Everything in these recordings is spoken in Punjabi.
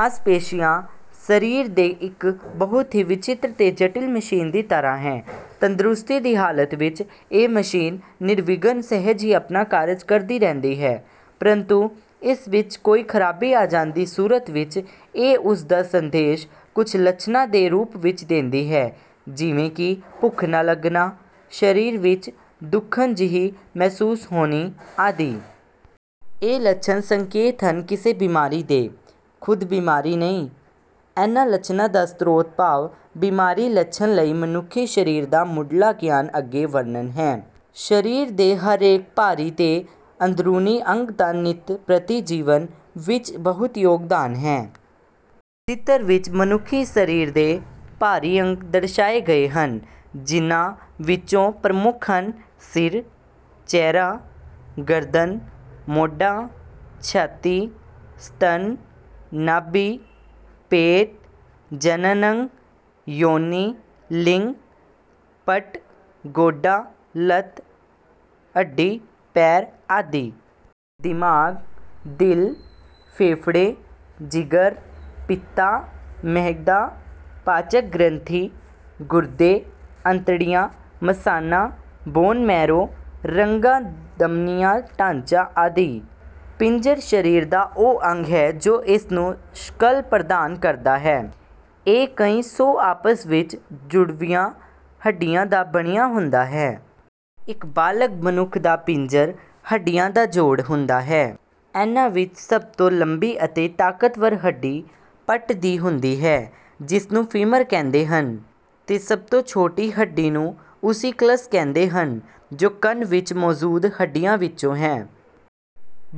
ਮਾਸਪੇਸ਼ੀਆਂ ਸਰੀਰ ਦੇ ਇੱਕ ਬਹੁਤ ਹੀ ਵਿਚਿਤ੍ਰ ਤੇ ਜਟਿਲ ਮਸ਼ੀਨ ਦੀ ਤਰਾਂ ਹੈ। ਤੰਦਰੁਸਤੀ ਦੀ ਹਾਲਤ ਵਿੱਚ ਇਹ ਮਸ਼ੀਨ ਨਿਰਵਿਘਨ ਸਹਿਜ ਹੀ ਆਪਣਾ ਕਾਰਜ ਕਰਦੀ ਰਹਿੰਦੀ ਹੈ ਪ੍ਰੰਤੂ ਇਸ ਵਿੱਚ ਕੋਈ ਖ਼ਰਾਬੀ ਆ ਜਾਣ ਦੀ ਸੂਰਤ ਵਿੱਚ ਇਹ ਉਸ ਦਾ ਸੰਦੇਸ਼ ਕੁਝ ਲੱਛਣਾਂ ਦੇ ਰੂਪ ਵਿੱਚ ਦਿੰਦੀ ਹੈ ਜਿਵੇਂ ਕਿ ਭੁੱਖ ਨਾ ਲੱਗਣਾ, ਸਰੀਰ ਵਿੱਚ ਦੁੱਖਣ ਜਿਹੀ ਮਹਿਸੂਸ ਹੋਣੀ ਆਦਿ। ਇਹ ਲੱਛਣ ਸੰਕੇਤ ਹਨ ਕਿਸੇ ਬਿਮਾਰੀ ਦੇ, ਖ਼ੁਦ ਬਿਮਾਰੀ ਨਹੀਂ। ਇਨ੍ਹਾਂ ਲੱਛਣਾਂ ਦਾ ਸ੍ਰੋਤ ਭਾਵ ਬਿਮਾਰੀ ਲੱਛਣ ਲਈ ਮਨੁੱਖੀ ਸਰੀਰ ਦਾ ਮੁਢਲਾ ਗਿਆਨ ਅੱਗੇ ਵਰਨਣ ਹੈ। ਸਰੀਰ ਦੇ ਹਰੇਕ ਬਾਹਰੀ ਤੇ ਅੰਦਰੂਨੀ ਅੰਗ ਦਾ ਨਿਤ ਪ੍ਰਤੀ ਜੀਵਨ ਵਿੱਚ ਬਹੁਤ ਯੋਗਦਾਨ ਹੈ। ਚਿਤਰ ਵਿੱਚ ਮਨੁੱਖੀ ਸਰੀਰ ਦੇ ਬਾਹਰੀ ਅੰਗ ਦਰਸਾਏ ਗਏ ਹਨ ਜਿਨ੍ਹਾਂ ਵਿਚੌਂ ਪ੍ਰਮੁੱਖ ਹਨ, ਸਿਰ, ਚਿਹਰਾ, ਗਰਦਨ, ਮੋਢਾ, ਛਾਤੀ, ਸਤਨ, ਨਾਭੀ, ਪੇਟ, ਜਨਣ ਅੰਗ:- ਯੋਨੀ ਲਿੰਗ, ਪੱਟ, ਗੋਡਾ, ਲੱਤ, ਅੱਡੀ, ਪੈਰ ਆਦਿ। ਦਿਮਾਗ, ਦਿਲ, ਫੇਫ਼ੜੇ, ਜਿਗਰ, ਪਿੱਤਾ, ਮਿਹਦਾ, ਪਾਚਕ-ਗ੍ਰੰਥੀ, ਗੁਰਦੇ, ਅੰਤੜੀਆਂ, ਮਸਾਨਾ, ਬੋਨ ਮੈਰੋ, ਰਗਾਂ ਧਮਨੀਆਂ ਢਾਂਚਾ ਆਦਿ। ਪਿੰਜਰ ਸਰੀਰ ਦਾ ਉਹ ਅੰਗ ਹੈ ਜੋ ਇਸ ਨੂੰ ਸ਼ਕਲ ਪ੍ਰਦਾਨ ਕਰਦਾ ਹੈ। ਇਹ ਕਈ ਸੌ ਆਪਸ ਵਿੱਚ ਜੁੜਵੀਆਂ ਹੱਡੀਆਂ ਦਾ ਬਣਿਆ ਹੁੰਦਾ ਹੇ। ਇਕ ਬਾਲਗ ਮਨੁੱਖ ਦਾ ਪਿੰਜਰ ਹੱਡੀਆ ਦਾ ਜੋੜ ਹੁੰਦਾ ਹੈ। ਇਨ੍ਹਾਂ ਵਿੱਚ ਸਭ ਤੌਂ ਲੰਬੀ ਅਤੇ ਤਾਕਤਵਰ ਹੱਡੀ ਪੱਟ ਦੀ ਹੁੰਦੀ ਹੈ ਜਿਸਨੂੰ ਫੀਮਰ ਕਹਿੰਦੇ ਹਨ, ਤੇ ਸਭ ਤੌਂ ਛੋਟੀ ਹੱਡੀ ਨੂੰ ਓਸੀਕਲਸ ਕਹਿੰਦੇ ਹਨ ਜੋ ਕੰਨ ਵਿੱਚ ਮੌਜੂਦ ਹੱਡੀਆਂ ਵਿੱਚੋਂ ਹੈ।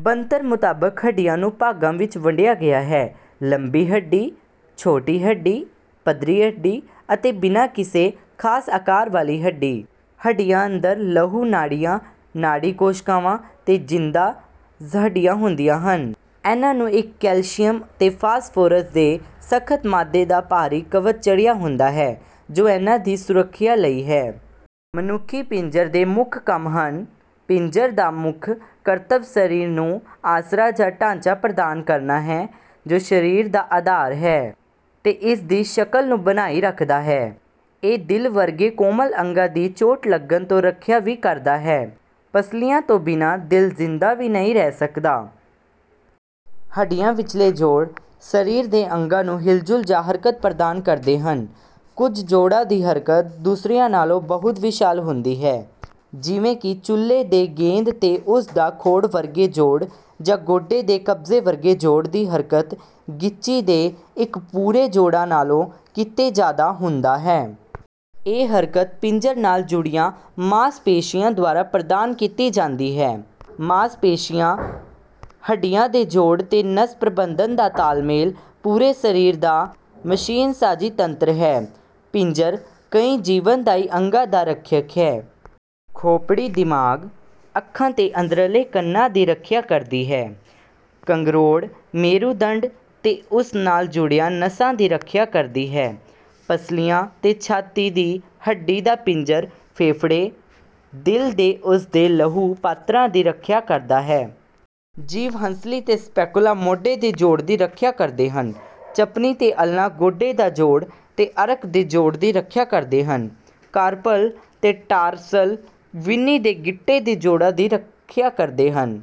ਬਣਤਰ ਮੁਤਾਬਕ ਹੱਡੀਆਂ ਨੂੰ ਭਾਗਾਂ ਵਿੱਚ ਵੰਡਿਆ ਗਿਆ ਹੈ- ਲੰਬੀ ਹੱਡੀ, ਛੋਟੀ ਹੱਡੀ, ਪੱਧਰੀ ਹੱਡੀ ਅਤੇ ਬਿਨਾ ਕਿਸੇ ਖ਼ਾਸ ਆਕਾਰ ਵਾਲੀ ਹੱਡੀ। ਹੱਡੀਆਂ ਅੰਦਰ ਲਹੂ ਨਾੜੀਆਂ, ਨਾੜੀ ਕੋਸ਼ਕਾਵਾਂ ਤੇ ਜਿੰਦਾ ਹੱਡੀਆਂ ਹੁੰਦੀਆਂ ਹਨ। ਇਨ੍ਹਾਂ ਨੂੰ ਇੱਕ ਕੈਲਸ਼ੀਅਮ ਤੇ ਫਾਸਫੋਰਸ ਦੇ ਸਖ਼ਤ ਮਾਦੇ ਦਾ ਬਾਹਰੀ ਕਵਚ ਚੜਿਆ ਹੁੰਦਾ ਹੈ ਜੋ ਇਨ੍ਹਾਂ ਦੀ ਸੁਰੱਖਿਆ ਲਈ ਹੈ। ਮਨੁੱਖੀ ਪਿੰਜਰ ਦੇ ਮੁੱਖ ਕੰਮ ਹਨ। ਪਿੰਜਰ ਦਾ ਮੁੱਖ ਕਰਤਵ ਸਰੀਰ ਨੂੰ ਆਸਰਾ ਜਾਂ ਢਾਂਚਾ ਪ੍ਰਦਾਨ ਕਰਨਾ ਹੈ ਜੋ ਸਰੀਰ ਦਾ ਅਧਾਰ ਹੈ ਤੇ ਇਸ ਦੀ ਸ਼ਕਲ ਨੂੰ ਬਣਾਈ ਰੱਖਦਾ ਹੈ। ਇਹ ਦਿਲ ਵਰਗੇ ਕੋਮਲ ਅੰਗਾਂ ਦੀ ਚੋਟ ਲਗਣ ਤੋਂ ਰੱਖਿਆ ਵੀ ਕਰਦਾ ਹੈ, ਪਸਲੀਆ ਤੋਂ ਬਿਨਾਂ ਦਿਲ ਜ਼ਿੰਦਾ ਵੀ ਨਹੀਂ ਰਹਿ ਸਕਦਾ। ਹੱਡੀਆਂ ਵਿਚਲੇ ਜੋੜ ,ਸਰੀਰ ਦੇ ਅੰਗਾਂ ਨੂੰ ਹਿਲਜੁਲ ਜਾਂ ਹਰਕਤ ਪ੍ਰਦਾਨ ਕਰਦੇ ਹਨ। ਕੁਝ ਜੋੜਾਂ ਦੀ ਹਰਕਤ ਦੁਸਰਿਆਂ ਨਾਲੋਂ ਬਹੁਤ ਵਿਸ਼ਾਲ ਹੁੰਦੀ ਹੈ ਜਿਵੇਂ ਕਿ ਚੂਲੇ ਦੇ ਗੇਂਦ ਤੇ ਉਸ ਦਾ ਖੋੜ ਵਰਗੇ ਜੋੜ ਜਾਂ ਗੋਡੇ ਦੇ ਕਬਜੇ ਵਰਗੇ ਜੋੜ ਦੀ ਹਰਕਤ ਗਿੱਚੀ ਦੇ ਇੱਕ ਪੁਰੇ ਜੋੜਾਂ ਨਾਲੋਂ ਕਿਤੇ ਜਿਆਦਾ ਹੁੰਦਾ ਹੈ। ਇਹ ਹਰਕਤ ਪਿੰਜਰ ਨਾਲ ਜੁੜੀਆਂ ਮਾਸ ਪੇਸ਼ੀਆਂ ਦੁਆਰਾ ਪ੍ਰਦਾਨ ਕੀਤੀ ਜਾਂਦੀ ਹੈ। ਮਾਸ ਪੇਸ਼ੀਆਂ, ਹੱਢੀਆਂ ਦੇ ਜੋੜ ਤੇ ਨਸ ਪ੍ਰਬੰਧਣ ਦਾ ਤਾਲ-ਮੇਲ ਪੂਰੇ ਸਰੀਰ ਦਾ ਮਸ਼ੀਨਸਾਜੀ ਤੰਤਰ ਹੈ। ਪਿੰਜਰ ਕਈ ਜੀਵਨ-ਦਾਈ ਅੰਗਾਂ ਦਾ ਰੱਖਿਅਕ ਹੈ। ਖੋਪੜੀ ਦਿਮਾਗ, ਅੱਖਾਂ ਤੇ ਅੰਦਰਲੇ ਕੰਨਾਂ ਦੀ ਰੱਖਿਆ ਕਰਦੀ ਹੈ। ਕੰਗਰੋੜ, ਮੇਰੂਦੰਡ ਤੇ ਉਸ ਨਾਲ ਜੁੜਿਆਂ ਨਸਾਂ ਦੀ ਰੱਖਿਆ ਕਰਦੀ ਹੈ। ਪਸਲੀਆਂ ਤੇ ਛਾਤੀ ਦੀ ਹੱਡੀ ਦਾ ਪਿੰਜਰ ਫੇਫ਼ੜੇ, ਦਿਲ ਤੇ ਉਸ ਦੇ ਲਹੂ ਪਾਤਰਾਂ ਦੀ ਰੱਖਿਆ ਕਰਦਾ ਹੈ। ਜੀਵ ਹੰਸਲੀ ਤੇ ਸਪੈਕੁਲਾ ਮੋਢੇ ਦੇ ਜੋੜ ਦੀ ਰੱਖਿਆ ਕਰਦੇ ਹਨ। ਚਪਣੀ ਤੇ ਅਲਨਾ ਗੋਡੇ ਦਾ ਜੋੜ ਤੇ ਅਰਕ ਦੇ ਜੋੜ ਦੀ ਰੱਖਿਆ ਕਰਦੇ ਹਨ। ਕਾਰਪਲ ਤੇ ਟਾਰਸਲ ਵੀਣੀ ਤੇ ਗਿੱਟੇ ਦੇ ਜੋੜਾਂ ਦੀ ਰੱਖਿਆ ਕਰਦੇ ਹਨ।